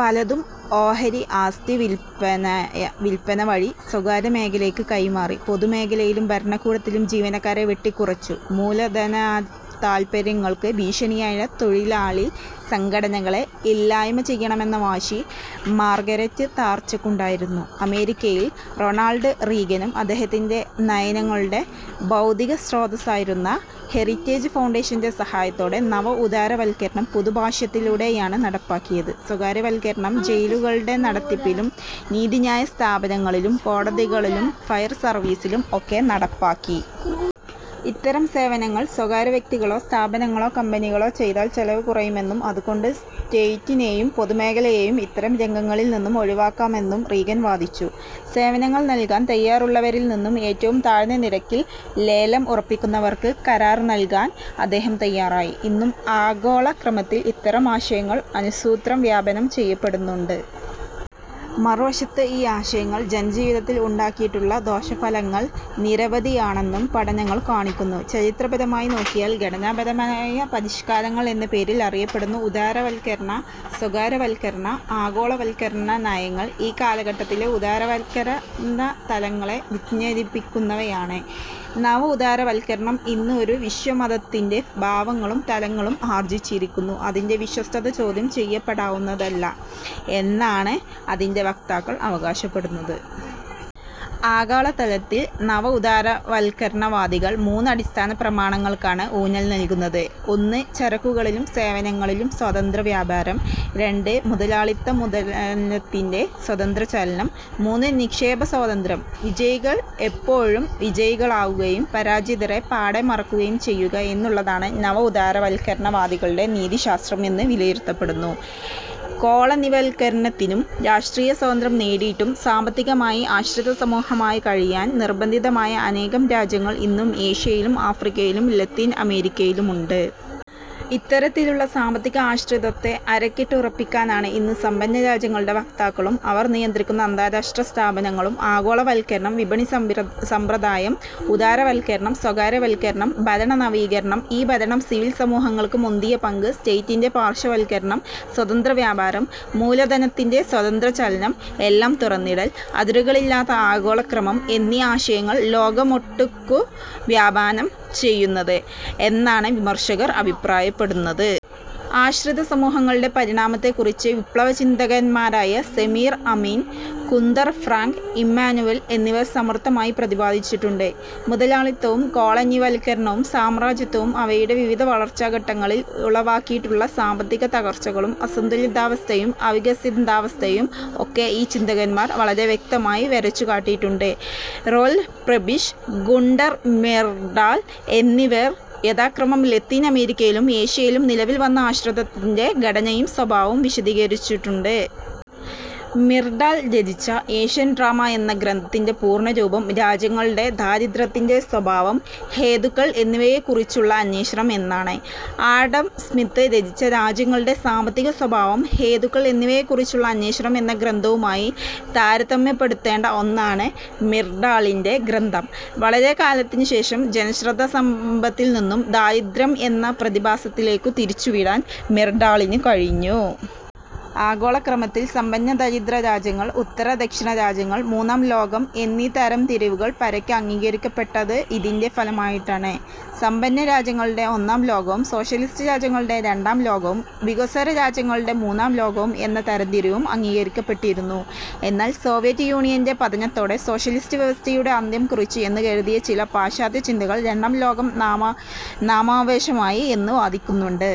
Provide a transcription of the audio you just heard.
പലതും ഓഹരി ആസ്തിവില്പന വഴി സ്വകാര്യമേഖലയ്ക്ക് കൈമാറി. പൊതുമേഖലയിലും ഭരണകൂടത്തിലും ജീവനക്കാരെ വെട്ടിക്കുറച്ചു. മൂലധനതാത്പര്യങ്ങൾക്ക് ഭീഷണിയായ തൊഴിലാളി സംഘടനകളെ ഇല്ലായ്മ ചെയ്യണമെന്ന വാശി മാർഗരറ്റ് താച്ചർക്കുണ്ടായിരുന്നു. അമേരിക്കയിൽ റൊണാൾഡ് റീഗനും അദ്ദേഹത്തിന്റെ നയങ്ങളുടെ ബൗദ്ധികസ്രോതസ്സായിരുന്ന ഹെറിറ്റേജ് ഫൗണ്ടേഷന്റെ സഹായത്തോടെ നവ ഉദാരവത്കരണം പുതുഭാഷ്യത്തിലൂടെയാണ് നടപ്പാക്കിയത്. സ്വകാര്യവത്കരണം ജയിലുകളുടെ നടത്തിപ്പിലും നീതിന്യായസ്ഥാപനങ്ങളിലും കോടതികളിലും ഫയർസർവീസിലും ഒക്കെ നടപ്പാക്കി. ഇത്തരം സേവനങ്ങൾ സ്വകാര്യവ്യക്തികളോ സ്ഥാപനങ്ങളോ കമ്പനികളോ ചെയ്താൽ ചെലവ് കുറയുമെന്നും അതുകൊണ്ട് സ്റ്റേറ്റിനെയും പൊതുമേഖലയെയും ഇത്തരം രംഗങ്ങളിൽനിന്നും ഒഴിവാക്കാമെന്നും റീഗൻ വാദിച്ചു. സേവനങ്ങൾ നൽകാൻ തയ്യാറുള്ളവരിൽനിന്നും ഏറ്റവും താഴ്ന്ന നിരക്കിൽ ലേലം ഉറപ്പിക്കുന്നവർക്ക് കരാർ നൽകാൻ അദ്ദേഹം തയ്യാറായി. ഇന്നും ആഗോളക്രമത്തിൽ ഇത്തരം ആശയങ്ങൾ അനുസ്യൂതം വ്യാപനം ചെയ്യപ്പെടുന്നുണ്ട്. മറുവശത്ത് ഈ ആശയങ്ങൾ ജനജീവിതത്തിൽ ഉണ്ടാക്കിയിട്ടുള്ള ദോഷഫലങ്ങൾ നിരവധിയാണെന്നും പഠനങ്ങൾ കാണിക്കുന്നു. ചരിത്രപരമായി നോക്കിയാൽ ഘടനാപരമായ പരിഷ്കാരങ്ങൾ എന്ന പേരിൽ അറിയപ്പെടുന്ന ഉദാരവത്കരണ, സ്വകാര്യവത്കരണ, ആഗോളവത്കരണനയങ്ങൾ ഈ കാലഘട്ടത്തിലെ ഉദാരവത്കരണതലങ്ങളെ വ്യഞ്ജിപ്പിക്കുന്നവയാണ്. നവഉദാരവത്കരണം ഇന്ന് ഒരു വിശ്വമതത്തിന്റെ ഭാവങ്ങളും തലങ്ങളും ആർജിച്ചിരിക്കുന്നു. അതിന്റെ വിശ്വാസ്യത ചോദ്യം ചെയ്യപ്പെടാവുന്നതല്ല എന്നാണ് അതിന്റെ വക്താക്കൾ അവകാശപ്പെടുന്നത്. ആഗോളതലത്തിൽ നവ ഉദാരവത്കരണവാദികൾ മൂന്ന് അടിസ്ഥാനപ്രമാണങ്ങൾക്കാണ് ഊന്നൽ നൽകുന്നത്. ഒന്ന്, ചരക്കുകളിലും സേവനങ്ങളിലും സ്വതന്ത്രവ്യാപാരം. രണ്ട്, മുതലാളിത്തമൂലധനത്തിന്റെ സ്വതന്ത്രചലനം. മൂന്ന്, നിക്ഷേപസ്വാതന്ത്ര്യം. വിജയികൾ എപ്പോഴും വിജയികളാകുകയും പരാജിതരെ പാടെ മറക്കുകയും ചെയ്യുക എന്നുള്ളതാണ് നവ ഉദാരവത്കരണവാദികളുടെ നീതിശാസ്ത്രം എന്ന് വിലയിരുത്തപ്പെടുന്നു. കോളനിവത്കരണത്തിൽനിന്നും രാഷ്ട്രീയസ്വാതന്ത്ര്യം നേടിയിട്ടും സാമ്പത്തികമായി ആശ്രിതസമൂഹമായി കഴിയാൻ നിർബന്ധിതമായ അനേകം രാജ്യങ്ങൾ ഇന്നും ഏഷ്യയിലും ആഫ്രിക്കയിലും ലത്തീൻ അമേരിക്കയിലുമുണ്ട്. ഇത്തരത്തിലുള്ള സാമ്പത്തിക ആശ്രിതത്വത്തെ അരക്കിട്ട് ഉറപ്പിക്കാനാണ് ഇന്ന് സമ്പന്ന രാജ്യങ്ങളുടെ വക്താക്കളും അവർ നിയന്ത്രിക്കുന്ന അന്താരാഷ്ട്രസ്ഥാപനങ്ങളും ആഗോളവത്കരണം, വിപണിസമ്പ്രദായം, ഉദാരവത്കരണം, സ്വകാര്യവത്കരണം, ഭരണനവീകരണം, ഈ-ഭരണം, സിവിൽ സമൂഹങ്ങൾക്ക് മുന്തിയ പങ്ക്, സ്റ്റേറ്റിന്റെ പാർശ്വവത്കരണം, സ്വതന്ത്രവ്യാപാരം, മൂലധനത്തിന്റെ സ്വതന്ത്രചലനം, എല്ലാം തുറന്നിടൽ, അതിരുകളില്ലാത്ത ആഗോളക്രമം എന്നീ ആശയങ്ങൾ ലോകമൊട്ടുക്കു വ്യാപനം ചെയ്തുവരുന്നത് എന്നാണു വിമർശകർ അഭിപ്രായപ്പെടുന്നത്. ആശ്രിതസമൂഹങ്ങളുടെ പരിണാമത്തെക്കുറിച്ച് വിപ്ലവചിന്തകന്മാരായ Samir Amin, Gunder Frank, Immanuel എന്നിവർ സമർഥമായി പ്രതിപാദിച്ചിട്ടുണ്ട്. മുതലാളിത്തവും, കോളനിവത്കരണവും, സാമ്രാജ്യത്വവും അവയുടെ വിവിധ വളർച്ചാഘട്ടങ്ങളിൽ ഉളവാക്കിയിട്ടുള്ള സാമ്പത്തികത്തകർച്ചകളും അസന്തുലിതാവസ്ഥയും അവികസിതാവസ്ഥയും ഒക്കെ ഈ ചിന്തകന്മാർ വളരെ വ്യക്തമായി വരച്ചുകാട്ടിയിട്ടുണ്ട്. റോൽ പ്രെബിഷ്, ഗുണ്ടർ മിർഡാൽ എന്നിവർ യഥാക്രമം ലത്തീൻ അമേരിക്കയിലും ഏഷ്യയിലും നിലവിൽവന്ന ആശ്രിതത്വത്തിന്റെ ഘടനയും സ്വഭാവവും വിശദീകരിച്ചിട്ടുണ്ട്. മിർഡാൽ രചിച്ച ഏഷ്യൻ ഡ്രാമ എന്ന ഗ്രന്ഥത്തിന്റെ പൂർണരൂപം 'രാജ്യങ്ങളുടെ ദാരിദ്യ്രത്തിന്റെ സ്വഭാവം, ഹേതുക്കൾ എന്നിവയെക്കുറിച്ചുള്ള അന്വേഷണം' എന്നാണ്. ആഡം സ്മിത്ത് രചിച്ച 'രാജ്യങ്ങളുടെ സമ്പത്തിന്റെ സ്വഭാവം, ഹേതുക്കൾ എന്നിവയെക്കുറിച്ചുള്ള അന്വേഷണം' എന്ന ഗ്രന്ഥവുമായി താരതമ്യപ്പെടുത്തേണ്ട ഒന്നാണ് മിർഡാളിന്റെ ഗ്രന്ഥം. വളരെക്കാലത്തിനുശേഷം ജനശ്രദ്ധ സമ്പത്തിൽനിന്നും ദാരിദ്യ്രം എന്ന പ്രതിഭാസത്തിലേക്കു തിരിച്ചുവിടാൻ മിർഡാളിനു കഴിഞ്ഞു. ആഗോളക്രമത്തിൽ സമ്പന്ന-ദരിദ്രരാജ്യങ്ങൾ, ഉത്തര-ദക്ഷിണരാജ്യങ്ങൾ, മൂന്നാംലോകം എന്നീ തരംതിരിവുകൾ പരക്കെ അംഗീകരിക്കപ്പെട്ടത് ഇതിന്റെ ഫലമായിട്ടാണ്. സമ്പന്നരാജ്യങ്ങളുടെ ഒന്നാംലോകവും, സോഷ്യലിസ്റ്റ് രാജ്യങ്ങളുടെ രണ്ടാംലോകവും, വികസ്വരരാജ്യങ്ങളുടെ മൂന്നാംലോകവും എന്ന തരംതിരിവും അംഗീകരിക്കപ്പെട്ടിരുന്നു. എന്നാൽസോവിയറ്റ് യൂണിയന്റെ പതനത്തോടെ, സോഷ്യലിസ്റ്റ് വ്യവസ്ഥിതിയുടെ അന്ത്യം കുറിച്ചു എന്ന് കരുതിയ ചില പാശ്ചാത്യചിന്തകർ രണ്ടാം ലോകം നാമാവശേഷമായി എന്നു വാദിക്കുന്നുണ്ട്.